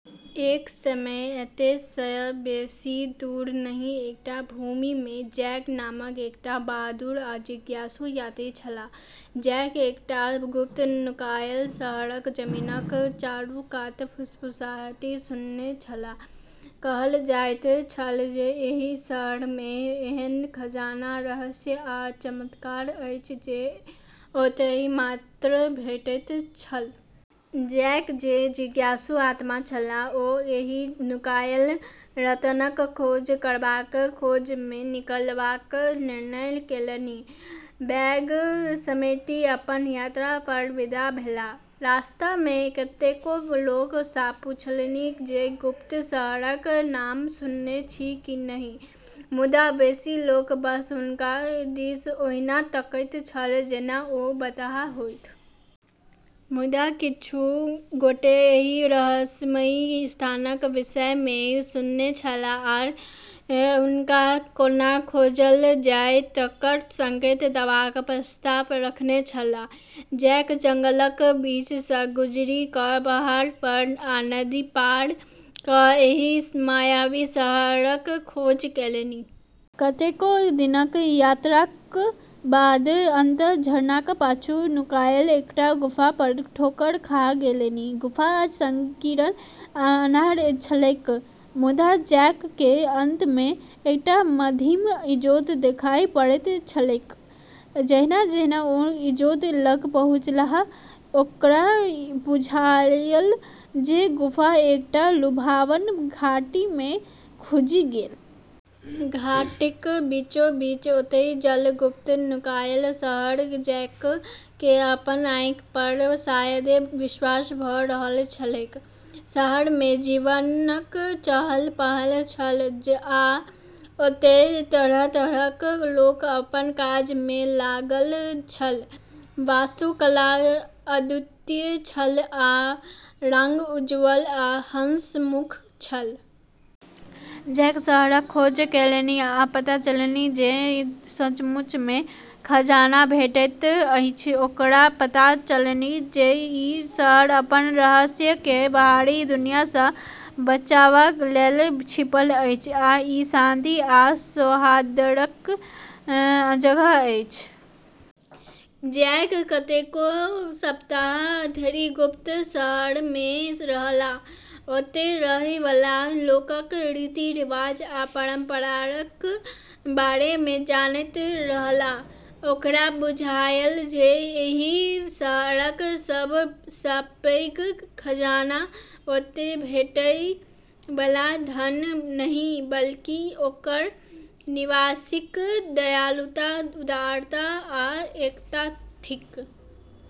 एक समय एतय सँ बेसी दूर नहि एकटा भूमिमे जैक नामक एकटा बहादुर आ जिज्ञासु यात्री छलाह। जैक एकटा गुप्त नुकायल शहरक जमीनक चारूकात फुसफुसाहटि सुनने छलाह। कहल जाइत छल जे एहि शहरमे एहन खजाना, रहस्य आ चमत्कार अछि जे ओतहि मात्र भेटैत छल। जैक, जे जिज्ञासु आत्मा छलाह, ओ एहि नुकायल रत्नक खोज करबाक खोजमे निकलबाक निर्णय कएलनि। बैग समेटि अपन यात्रा पर विदा भेलाह। रास्तामे कतेको लोक सँ पूछलनि जे गुप्त शहरक नाम सुनने छी की नहि, मुदा बेसी लोक बस हुनका दिस ओहिना तकैत छल जेना ओ बताह होथि। मुदा किछु गोटे एहि रहस्यमयी स्थानक विषयमे सुनने छलाह आ हुनका कोना खोजल जाय तकर संकेत देबाक प्रस्ताव रखने छलाह। जैक जंगलक बीच सँ गुजरि क’, पहाड़ पर, आ नदी पार क’ एहि मायावी शहरक खोज कएलनि। कतेको दिनक यात्राक बाद अंततः झरनाक पाछू नुकायल एकटा गुफा पर ठोकर खा गेलनि। गुफा संकीर्ण आ अन्हार छलैक, मुदा जैककेँ अंतमे एकटा मद्धिम इजोत देखाइ पड़ैत छलैक। जहिना-जहिना ओ इजोत लग पहुँछलाह, ओकरा बुझायल जे गुफा एकटा लुभावन घाटीमे खुजि गेल। घाटीक बीचोबीच, ओतहि छल, गुप्त नुकायल शहर। जैककेँ अपन आँखि पर शायदे विश्वास भ’ रहल छलैक। शहरमे जीवनक चहल-पहल छल, आ ओतय तरह-तरहक लोक अपन काजमे लागल छल। वास्तुकला अद्वितीय छल, आ रंग उज्ज्वल आ हंसमुख छल। जैक शहरक खोज कएलनि आ पता चललनि जे सचमुचमे खजाना भेटैत अछि। ओकरा पता चललनि जे ई शहर अपन रहस्यकेँ बाहरी दुनिया सँ बचाबा लेल छिपल अछि आ ई शांति आ सौहार्दक जगह अछि। जैक कतेको सप्ताह धरि गुप्त शहरमे रहलाह, ओतय रहै वाला लोकक रीति-रिवाज आ परंपराक बारेमे जानैत रहलाह। ओकरा बुझायल जे एहि शहरक सभ सँ पैघ खजाना ओतय भेटै बला धन नहि, बल्कि ओकर निवासीक दयालुता, उदारता आ एकता थिक।